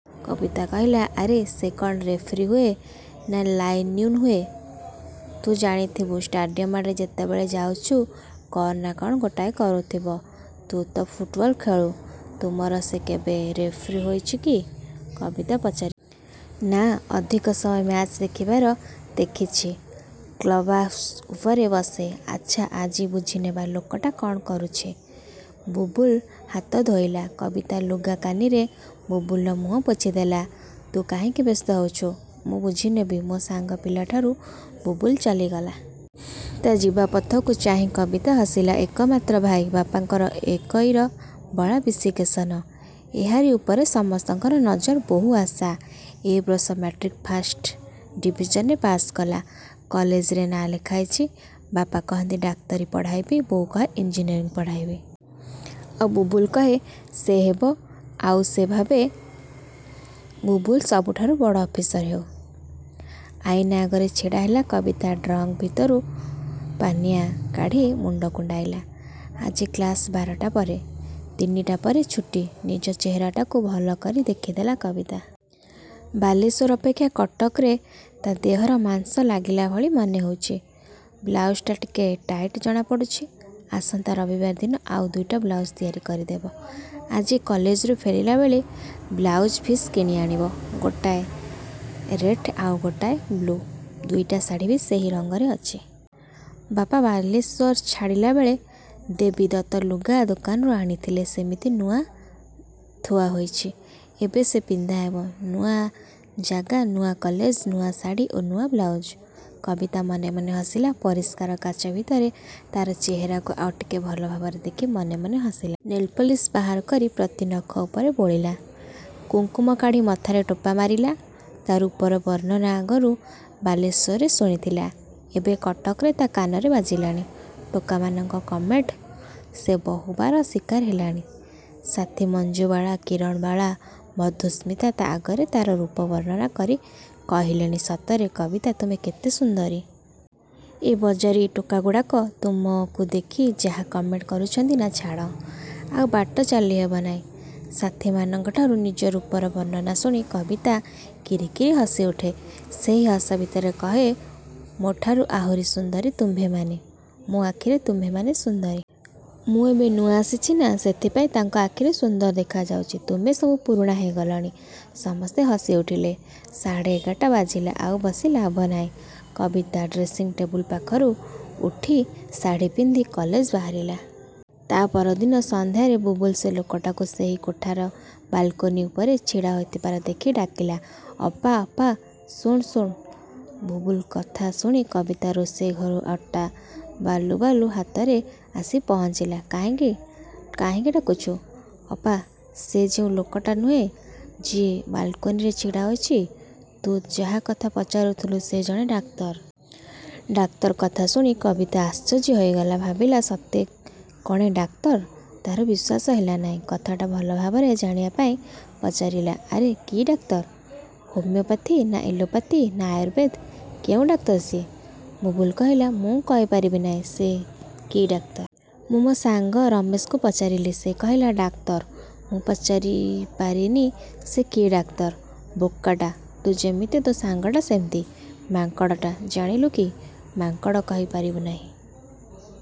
କବିତା କହିଲା ଆରେ ସେ କ'ଣ ରେଫରି ହୁଏ, ନା ଲାଇନ୍ମ୍ୟାନ୍ ହୁଏ? ତୁ ଜାଣିଥିବୁ ଷ୍ଟାଡ଼ିୟମ ଆଡ଼େ ଯେତେବେଳେ ଯାଉଛି କ'ଣ ନା କ'ଣ ଗୋଟାଏ କରୁଥିବ। ତୁ ତ ଫୁଟ୍ବଲ ଖେଳୁ। ତୁମର ସେ କେବେ ରେଫରି ହୋଇଛି କି? କବିତା ପଚାରିଲା। ନାଁ। ଅଧିକ ସମୟ ମ୍ୟାଚ ଦେଖିବାର ଦେଖିଛି। କ୍ଳବ୍ହାଉସ ଉପରେ ବସେ। ଆଚ୍ଛା ଆଜି ବୁଝିନେବା ଲୋକଟା କ'ଣ କରୁଛି। ବୁବୁଲୁ ହାତ ଧୋଇଲା। କବିତା ଲୁଗା କାନିରେ ବୁବୁଲୁର ମୁହଁ ପୋଛିଦେଲା। ତୁ କାହିଁକି ବ୍ୟସ୍ତ ହେଉଛୁ? ମୁଁ ବୁଝି ନେବି ମୋ ସାଙ୍ଗ ପିଲାଠାରୁ, ବୁବୁଲୁ ଚାଲିଗଲା। ତା' ଯିବାପଥକୁ ଚାହିଁ କବିତା ହସିଲା। ଏକମାତ୍ର ଭାଇ, ବାପାଙ୍କର ଏକଇର ବଳା ବିଶିକେଶନ ଏହାରି ଉପରେ ସମସ୍ତଙ୍କର ନଜର, ବହୁ ଆଶା। ଏ ବର୍ଷ ମାଟ୍ରିକ୍ ଫାଷ୍ଟ ଡିଭିଜନରେ ପାସ୍ କଲା। କଲେଜରେ ନାଁ ଲେଖାଇଛି। ବାପା କହନ୍ତି ଡାକ୍ତରୀ ପଢ଼ାଇବି। ବୋଉ କହେ ଇଞ୍ଜିନିୟରିଂ ପଢ଼ାଇବି। ଆଉ ବୁବୁଲୁ କହେ ସେ ହେବ, ଆଉ ସେ ଭାବେ ବୁବୁଲୁ ସବୁଠାରୁ ବଡ଼ ଅଫିସର ହେଉ। ଆଇନା ଆଗରେ ଛିଡ଼ାହେଲା କବିତା ଡ୍ର ଭିତରୁ ପାନିଆ କାଢ଼ି ମୁଣ୍ଡ କୁଣ୍ଡାଇଲା। ଆଜି କ୍ଳାସ ବାରଟା ପରେ, ତିନିଟା ପରେ ଛୁଟି ନିଜ ଚେହେରାଟାକୁ ଭଲକରି ଦେଖିଦେଲା କବିତା। ବାଲେଶ୍ୱର ଅପେକ୍ଷା କଟକରେ ତା' ଦେହରେ ମାଂସ ଲାଗିଲାଭଳି ମନେହେଉଛି। ବ୍ଳାଉଜଟା ଟିକେ ଟାଇଟ୍ ଜଣାପଡ଼ୁଛି। ଆସନ୍ତା ରବିବାର ଦିନ ଆଉ ଦୁଇଟା ବ୍ଳାଉଜ ତିଆରି କରିଦେବ। ଆଜି କଲେଜରୁ ଫେରିଲାବେଳେ ବ୍ଳାଉଜ ଫିସ୍ କିଣିଆଣିବ। ଗୋଟାଏ ରେଡ଼୍ ଆଉ ଗୋଟାଏ ବ୍ଳୁ। ଦି'ଟା ଶାଢ଼ୀ ବି ସେହି ରଙ୍ଗରେ ଅଛି। ବାପା ବାଲେଶ୍ୱର ଛାଡ଼ିଲାବେଳେ ଦେବୀ ଦତ୍ତ ଲୁଗା ଦୋକାନରୁ ଆଣିଥିଲେ, ସେମିତି ନୂଆ ଥୁଆହୋଇଛି। ଏବେ ସେ ପିନ୍ଧାହେବ। ନୂଆ ଜାଗା, ନୂଆ କଲେଜ, ନୂଆ ଶାଢ଼ୀ ଓ ନୂଆ ବ୍ଳାଉଜ୍। କବିତା ମନେ ମନେ ହସିଲା। ପରିଷ୍କାର କାଚ ଭିତରେ ତା'ର ଚେହେରାକୁ ଆଉ ଟିକେ ଭଲଭାବରେ ଦେଖି ମନେ ମନେ ହସିଲା। ନେଲ୍ ପାଲିସ ବାହାର କରି ପ୍ରତି ନଖର ଉପରେ ବୋଳିଲା। କୁଙ୍କୁମ କାଢ଼ି ମଥାରେ ଟୋପା ମାରିଲା। ତା' ରୂପର ବର୍ଣ୍ଣନା ଆଗରୁ ବାଲେଶ୍ୱରରେ ଶୁଣିଥିଲା। ଏବେ କଟକରେ ତା' କାନରେ ବାଜିଲାଣି ଟୋକାମାନଙ୍କ କମେଣ୍ଟର ସେ ବହୁବାର ଶିକାର ହେଲାଣି। ସାଥି ମଞ୍ଜୁବାଳା, କିରଣବାଳା, ମଧୁସ୍ମିତା, ତା' ଆଗରେ ତା'ର ରୂପ ବର୍ଣ୍ଣନା କରି କହିଲେଣି, ସତରେ କବିତା ତୁମେ କେତେ ସୁନ୍ଦରୀ? ଏ ବଜାରି ଟୋକାଗୁଡ଼ାକ ତୁମକୁ ଦେଖି ଯାହା କମେଣ୍ଟ କରୁଛନ୍ତି ନା, ଛାଡ଼। ଆଉ ବାଟ ଚାଲି ହେବନାହିଁ। ସାଥିମାନଙ୍କଠାରୁ ନିଜ ରୂପର ବର୍ଣ୍ଣନା ଶୁଣି କବିତା କିରି କିରି ହସିଉଠେ। ସେହି ହସ ଭିତରେ କହେ ମୋ' ଠାରୁ ଆହୁରି ସୁନ୍ଦରୀ ତୁମ୍ଭେମାନେ। ମୋ ଆଖିରେ ତୁମ୍ଭେମାନେ ସୁନ୍ଦରୀ। ମୁଁ ଏବେ ନୂଆ ଆସିଛି ନା, ସେଥିପାଇଁ ତାଙ୍କ ଆଖିରେ ସୁନ୍ଦର ଦେଖାଯାଉଛି। ତୁମେ ସବୁ ପୁରୁଣା ହୋଇଗଲଣି। ସମସ୍ତେ ହସି ଉଠନ୍ତି। ସାଢ଼େ ଏଗାରଟା ବାଜିଲା। ଆଉ ବସି ଲାଭ ନାହିଁ। କବିତା ଡ୍ରେସିଂ ଟେବୁଲ ପାଖରୁ ଉଠି ଶାଢ଼ୀ ପିନ୍ଧି କଲେଜ ବାହାରିଲା। ତା' ପରଦିନ ସନ୍ଧ୍ୟାରେ ବୁବୁଲୁ ସେ ଲୋକଟାକୁ ସେହି କୋଠାର ବାଲକୋନି ଉପରେ ଛିଡ଼ା ହୋଇଥିବା ଦେଖି ଡାକିଲା, ଅପା ଅପା, ଶୁଣ ଶୁଣ। ବୁବୁଲୁ କଥା ଶୁଣି କବିତା ରୋଷେଇ ଘରୁ ଅଟା ବାଲୁବାଲୁ ହାତରେ ଆସି ପହଞ୍ଚିଲା। କାହିଁକି ଡାକୁଛୁ।? ଅପା! ସେ ଯେଉଁ ଲୋକଟା ନୁହେଁ, ଯିଏ ବାଲକୋନିରେ ଛିଡ଼ା ହୋଇଛି, ତୁ ଯାହା କଥା ପଚାରୁଥିଲୁ, ସେ ଜଣେ ଡାକ୍ତର। ଡାକ୍ତର କଥାଶୁଣି କବିତା ଆଶ୍ଚର୍ଯ୍ୟ ହୋଇଗଲା। ଭାବିଲା ସତେ କ'ଣ ଏ ଡାକ୍ତର, ତା'ର ବିଶ୍ୱାସ ହେଲାନାହିଁ। କଥାଟା ଭଲ ଭାବରେ ଜାଣିବା ପାଇଁ ପଚାରିଲା, ଆରେ କି ଡାକ୍ତର? ହୋମିଓପାଥି ନା ଏଲୋପାଥି ନା ଆୟୁର୍ବେଦ, କେଉଁ ଡାକ୍ତର ସିଏ? ବୁବୁଲୁ କହିଲା, ମୁଁ କହି ପାରିବି ନାହିଁ, ସେ କି ଡାକ୍ତର। ମୁଁ ମୋ ସାଙ୍ଗ ରମେଶକୁ ପଚାରିଲି, ସେ କହିଲା, ''ଡାକ୍ତର। '' ମୁଁ ପଚାରି ପାରିନି, ସେ କି ଡାକ୍ତର। ବୋକାଟା, ତୁ ଯେମିତି ତୋ ସାଙ୍ଗଟା ସେମିତି। ମାଙ୍କଡ଼ଟା ଜାଣିଲୁ, କି ମାଙ୍କଡ଼ କହି ପାରିବୁ ନାହିଁ।